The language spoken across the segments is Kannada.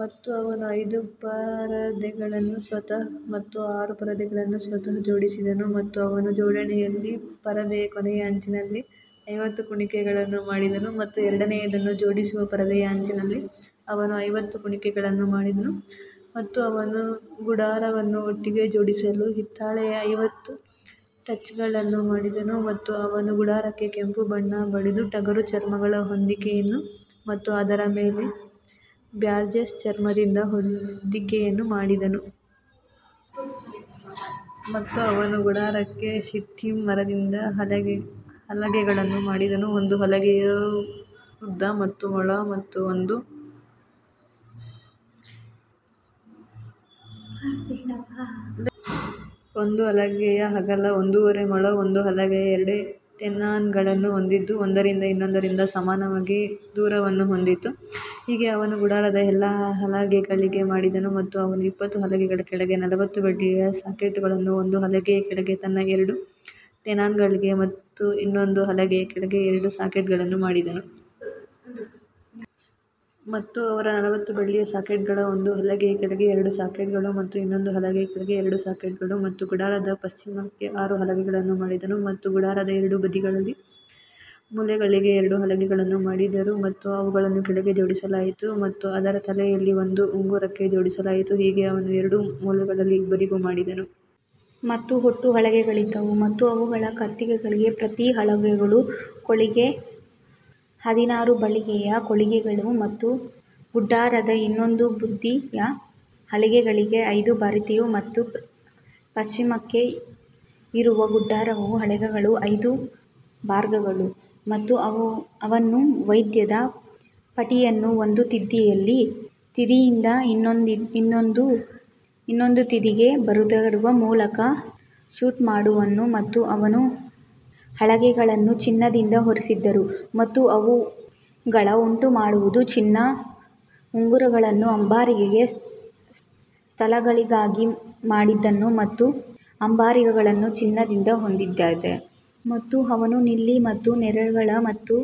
ಮತ್ತು ಅವನು ಐದು ಪರದೆಗಳನ್ನು ಸ್ವತಃ ಮತ್ತು ಆರು ಪರದೆಗಳನ್ನು ಸ್ವತಃ ಜೋಡಿಸಿದನು ಮತ್ತು ಅವನು ಜೋಡಣೆಯಲ್ಲಿ ಪರದೆಯ ಕೊನೆಯ ಅಂಚಿನಲ್ಲಿ ಐವತ್ತು ಕುಣಿಕೆಗಳನ್ನು ಮಾಡಿದನು ಮತ್ತು ಎರಡನೆಯದನ್ನು ಜೋಡಿಸುವ ಪರದೆಯ ಅಂಚಿನಲ್ಲಿ ಅವನು ಐವತ್ತು ಕುಣಿಕೆಗಳನ್ನು ಮಾಡಿದನು. ಮತ್ತು ಅವನು ಗುಡಾರವನ್ನು ಒಟ್ಟಿಗೆ ಜೋಡಿಸಲು ಹಿತ್ತಾಳೆಯ ಐವತ್ತು ಟಚ್ಗಳನ್ನು ಮಾಡಿದನು ಮತ್ತು ಅವನು ಗುಡಾರಕ್ಕೆ ಕೆಂಪು ಬಣ್ಣ ಬಳಿದ ಟಗರು ಚರ್ಮಗಳ ಹೊದಿಕೆಯನ್ನು ಮತ್ತು ಅದರ ಮೇಲೆ ಬ್ಯಾಜರ್ಸ್ ಚರ್ಮದಿಂದ ಹೊದಿಕೆಯನ್ನು ಮಾಡಿದನು. ಮತ್ತು ಅವನು ಗುಡಾರಕ್ಕೆ ಶಿಟ್ಟಿಮ್ ಮರದಿಂದ ಹಲಗೆಗಳನ್ನು ಮಾಡಿದನು ಒಂದು ಹಲಗೆಯ ಉದ್ದ ಹತ್ತು ಮೊಳ ಮತ್ತು ಒಂದು ಹಲಗೆಯ ಅಗಲ ಒಂದೂವರೆ ಮೊಳ ಒಂದು ಹಲಗೆಯು ಎರಡು ಟೆನಾನ್ಗಳನ್ನು ಹೊಂದಿದ್ದು ಒಂದರಿಂದ ಇನ್ನೊಂದರಿಂದ ಸಮಾನವಾಗಿ ದೂರವನ್ನು ಹೊಂದಿತ್ತು, ಹೀಗೆ ಅವನು ಗುಡಾರದ ಎಲ್ಲಾ ಹಲಗೆಗಳಿಗೆ ಮಾಡಿದನು ಮತ್ತು ಅವನು ಇಪ್ಪತ್ತು ಹಲಗೆಗಳ ಕೆಳಗೆ ನಲವತ್ತು ಬೆಳ್ಳಿಯ ಸಾಕೆಟ್ಗಳನ್ನು ಒಂದು ಹಲಗೆಯ ಕೆಳಗೆ ತನ್ನ ಎರಡು ಟೆನಾನ್ಗಳಿಗೆ ಮತ್ತು ಇನ್ನೊಂದು ಹಲಗೆಯ ಕೆಳಗೆ ಎರಡು ಸಾಕೆಟ್ಗಳನ್ನು ಮಾಡಿದನು. ಮತ್ತು ಅವರ ನಲವತ್ತು ಬೆಳ್ಳಿಯ ಸಾಕೆಟ್ಗಳು ಒಂದು ಹಲಗೆಯ ಕೆಳಗೆ ಎರಡು ಸಾಕೆಟ್ಗಳು ಮತ್ತು ಇನ್ನೊಂದು ಹಲಗೆಯ ಕೆಳಗೆ ಎರಡು ಸಾಕೆಟ್ಗಳು ಮತ್ತು ಗುಡಾರದ ಪಶ್ಚಿಮಕ್ಕೆ ಆರು ಹಲಗೆಗಳನ್ನು ಮಾಡಿದನು ಮತ್ತು ಗುಡಾರದ ಎರಡು ಬದಿಗಳಲ್ಲಿ ಮೂಲೆಗಳಿಗೆ ಎರಡು ಹಲಗೆಗಳನ್ನು ಮಾಡಿದರು ಮತ್ತು ಅವುಗಳನ್ನು ಕೆಳಗೆ ಜೋಡಿಸಲಾಯಿತು ಮತ್ತು ಅದರ ತಲೆಯಲ್ಲಿ ಒಂದು ಉಂಗುರಕ್ಕೆ ಜೋಡಿಸಲಾಯಿತು, ಹೀಗೆ ಅವನು ಎರಡೂ ಮೂಲೆಗಳಲ್ಲಿ ಇಬ್ಬರಿಗೂ ಮಾಡಿದನು. ಮತ್ತು ಎಂಟು ಹಲಗೆಗಳಿದ್ದವು ಮತ್ತು ಅವುಗಳ ಕುಳಿಗಳು ಪ್ರತಿ ಹಲಗೆಯ ಕೆಳಗೆ ಹದಿನಾರು ಬೆಳ್ಳಿಯ ಕುಳಿಗಳಿದ್ದವು ಮತ್ತು ಗುಡಾರದ ಇನ್ನೊಂದು ಬದಿಯ ಹಲಗೆಗಳಿಗೆ ಐದು ಬಾರ್ಗಳು ಮತ್ತು ಪಶ್ಚಿಮಕ್ಕೆ ಇರುವ ಗುಡಾರದ ಹಲಗೆಗಳಿಗೆ ಐದು ಬಾರ್ಗಳು. ಮತ್ತು ಅವನು ಮಧ್ಯದ ಪಟ್ಟಿಯನ್ನು ಒಂದು ತುದಿಯಿಂದ ಇನ್ನೊಂದು ತುದಿಗೆ ಬೋರ್ಡ್ಗಳ ಮೂಲಕ ಶೂಟ್ ಮಾಡಿದನು ಮತ್ತು ಅವನು ಹಲಗೆಗಳನ್ನು ಚಿನ್ನದಿಂದ ಹೊದಿಸಿದನು ಮತ್ತು ಅವುಗಳ ಉಂಗುರಗಳನ್ನು ಚಿನ್ನದ ಉಂಗುರಗಳನ್ನು ಅಂಬಾರಿಗಳಿಗೆ ಸ್ಥಳಗಳಾಗಿ ಮಾಡಿದನು ಮತ್ತು ಅಂಬಾರಿಗಳನ್ನು ಚಿನ್ನದಿಂದ ಹೊದಿಸಿದನು. ಮತ್ತು ಅವನು ನೀಲಿ ಮತ್ತು ನೇರಳೆ ಮತ್ತು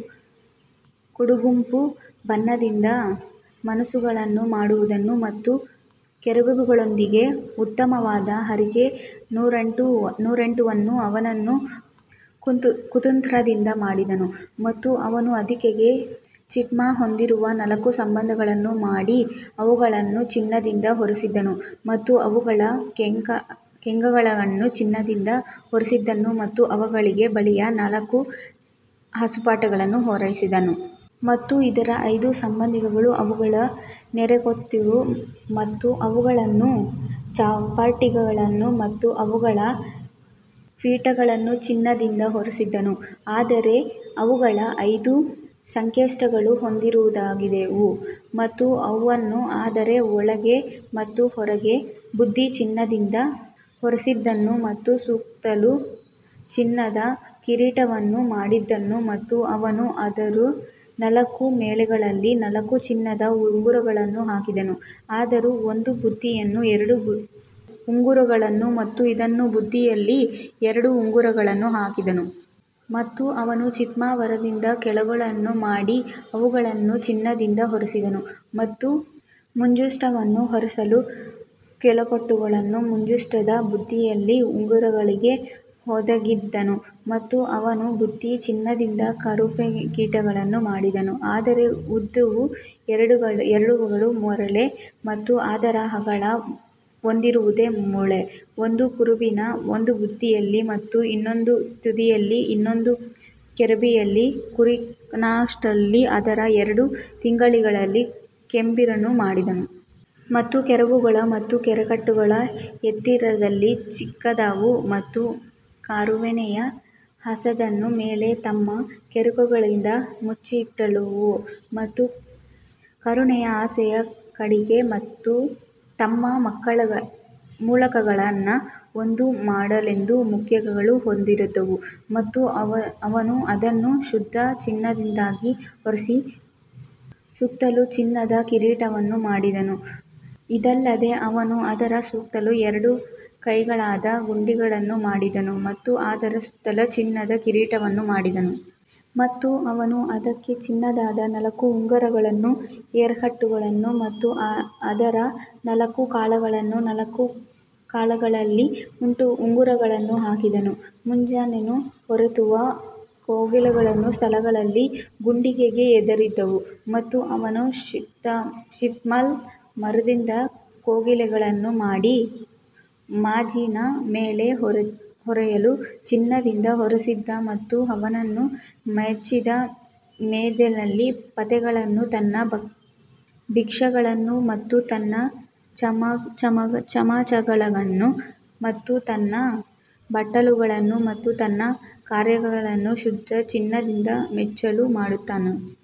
ಕಡುಗೆಂಪು ಬಣ್ಣದಿಂದ ಮುಸುಕನ್ನು ಮಾಡಿದನು ಮತ್ತು ಕೆರೂಬಿಗಳೊಂದಿಗೆ ಉತ್ತಮವಾದ ಹುರಿದ ನಾರುಬಟ್ಟೆಯನ್ನು ಅವನು ಕುತಂತ್ರದಿಂದ ಮಾಡಿದನು. ಮತ್ತು ಅವನು ಅದಕ್ಕೆ ಶಿಟ್ಟಿಮ್ ಮರದಿಂದ ನಾಲ್ಕು ಸ್ತಂಭಗಳನ್ನು ಮಾಡಿ ಅವುಗಳನ್ನು ಚಿನ್ನದಿಂದ ಹೊದಿಸಿದನು ಮತ್ತು ಅವುಗಳ ಕೊಕ್ಕೆಗಳನ್ನು ಚಿನ್ನದಿಂದ ಹೊದಿಸಿದನು ಮತ್ತು ಅವುಗಳಿಗೆ ಬೆಳ್ಳಿಯ ನಾಲ್ಕು ಸಾಕೆಟ್ಗಳನ್ನು ಎರಕಹೊಯ್ದನು. ಮತ್ತು ಅದರ ಐದು ಸ್ತಂಭಗಳನ್ನು ಅವುಗಳ ಕೊಕ್ಕೆಗಳಿಂದ ಮತ್ತು ಅವುಗಳ ಚ್ಯಾಪಿಟರ್ಗಳನ್ನು ಮತ್ತು ಅವುಗಳ ಫಿಲೆಟ್ಗಳನ್ನು ಚಿನ್ನದಿಂದ ಹೊದಿಸಿದನು ಆದರೆ ಅವುಗಳ ಐದು ಸಾಕೆಟ್ಗಳು ಹಿತ್ತಾಳೆಯದ್ದಾಗಿದ್ದವು. ಮತ್ತು ಅವನು ಅದರ ಒಳಗೆ ಮತ್ತು ಹೊರಗೆ ಶುದ್ಧ ಚಿನ್ನದಿಂದ ಹೊದಿಸಿದನು ಮತ್ತು ಸುತ್ತಲೂ ಚಿನ್ನದ ಕಿರೀಟವನ್ನು ಮಾಡಿದನು ಮತ್ತು ಅವನು ಅದರ ನಾಲ್ಕು ಮೂಲೆಗಳಲ್ಲಿ ನಾಲ್ಕು ಚಿನ್ನದ ಉಂಗುರಗಳನ್ನು ಹಾಕಿದನು, ಅದರ ಒಂದು ಬದಿಯಲ್ಲಿ ಎರಡು ಉಂಗುರಗಳನ್ನು ಮತ್ತು ಇನ್ನೊಂದು ಬದಿಯಲ್ಲಿ ಎರಡು ಉಂಗುರಗಳನ್ನು ಹಾಕಿದನು. ಮತ್ತು ಅವನು ಶಿತ್ತಿಮ್ ಮರದಿಂದ ಕೋಲುಗಳನ್ನು ಮಾಡಿ ಅವುಗಳನ್ನು ಚಿನ್ನದಿಂದ ಹೊದಿಸಿದನು ಮತ್ತು ಮಂಜೂಷವನ್ನು ಹೊರಲು ಕೋಲುಗಳನ್ನು ಮಂಜೂಷದ ಬದಿಗಳಲ್ಲಿ ಉಂಗುರಗಳಲ್ಲಿ ಹಾಕಿದನು ಮತ್ತು ಅವನು ಶುದ್ಧ ಚಿನ್ನದಿಂದ ಕರುಣಾಪೀಠವನ್ನು ಮಾಡಿದನು, ಅದರ ಉದ್ದವು ಎರಡುವರೆ ಮೊಳ ಮತ್ತು ಅದರ ಅಗಲ ಒಂದೂವರೆ ಮೊಳ. ಒಂದು ಕೆರೂಬಿನ ಈ ಬದಿಯಲ್ಲಿ ಮತ್ತು ಇನ್ನೊಂದು ತುದಿಯಲ್ಲಿ ಇನ್ನೊಂದು ಕೆರೂಬಿಯು ಕರುಣಾಾಸನದಿಂದ ಅದರ ಎರಡು ತುದಿಗಳಲ್ಲಿ ಕೆರೂಬಿಗಳನ್ನು ಮಾಡಿದನು. ಮತ್ತು ಕೆರೂಬಿಗಳು ತಮ್ಮ ರೆಕ್ಕೆಗಳನ್ನು ಎತ್ತರದಲ್ಲಿ ಚಾಚಿದವು ಮತ್ತು ಕರುಣೆಯ ಆಸನದ ಮೇಲೆ ತಮ್ಮ ರೆಕ್ಕೆಗಳಿಂದ ಮುಚ್ಚಲ್ಪಟ್ಟವು ಮತ್ತು ಕರುಣೆಯ ಆಸನದ ಕಡೆಗೆ ತಮ್ಮ ಮುಖಗಳನ್ನು ಒಂದರ ಮೇಲೊಂದು ಮುಖಗಳನ್ನು ಹೊಂದಿದ್ದವು. ಮತ್ತು ಅವನು ಅದನ್ನು ಶುದ್ಧ ಚಿನ್ನದಿಂದ ಹೊದಿಸಿ ಸುತ್ತಲೂ ಚಿನ್ನದ ಕಿರೀಟವನ್ನು ಮಾಡಿದನು ಇದಲ್ಲದೆ ಅವನು ಅದರ ಸುತ್ತಲೂ ಒಂದು ಕೈಅಗಲದ ಗಡಿಯನ್ನು ಮಾಡಿದನು ಮತ್ತು ಅದರ ಸುತ್ತಲೂ ಚಿನ್ನದ ಕಿರೀಟವನ್ನು ಮಾಡಿದನು. ಮತ್ತು ಅವನು ಅದಕ್ಕೆ ಚಿನ್ನದ ನಾಲ್ಕು ಉಂಗುರಗಳನ್ನು ಎರಕಹೊಯ್ದನು ಮತ್ತು ಅದರ ನಾಲ್ಕು ಕಾಲುಗಳ ನಾಲ್ಕು ಮೂಲೆಗಳಲ್ಲಿ ಉಂಗುರಗಳನ್ನು ಹಾಕಿದನು. ಮೇಜನ್ನು ಹೊರುವ ಕೋಲುಗಳ ಸ್ಥಳಗಳು ಗಡಿಗೆ ಎದುರಾಗಿದ್ದವು ಮತ್ತು ಅವನು ಶಿತ್ತಿಮ್ ಮರದಿಂದ ಕೋಲುಗಳನ್ನು ಮಾಡಿ ಮೇಜಿನ ಮೇಲೆ ಹೊರಲು ಚಿನ್ನದಿಂದ ಹೊದಿಸಿದನು ಮತ್ತು ಅವನು ಮೇಜಿನ ಮೇಲಿದ್ದ ಪಾತ್ರೆಗಳನ್ನು ತನ್ನ ಭಕ್ಷ್ಯಗಳನ್ನು ಮತ್ತು ತನ್ನ ಚಮಚಗಳನ್ನು ಮತ್ತು ತನ್ನ ಬಟ್ಟಲುಗಳನ್ನು ಮತ್ತು ತನ್ನ ಕವರ್ಗಳನ್ನು ಶುದ್ಧ ಚಿನ್ನದಿಂದ ಮುಚ್ಚಲು ಮಾಡಿದನು.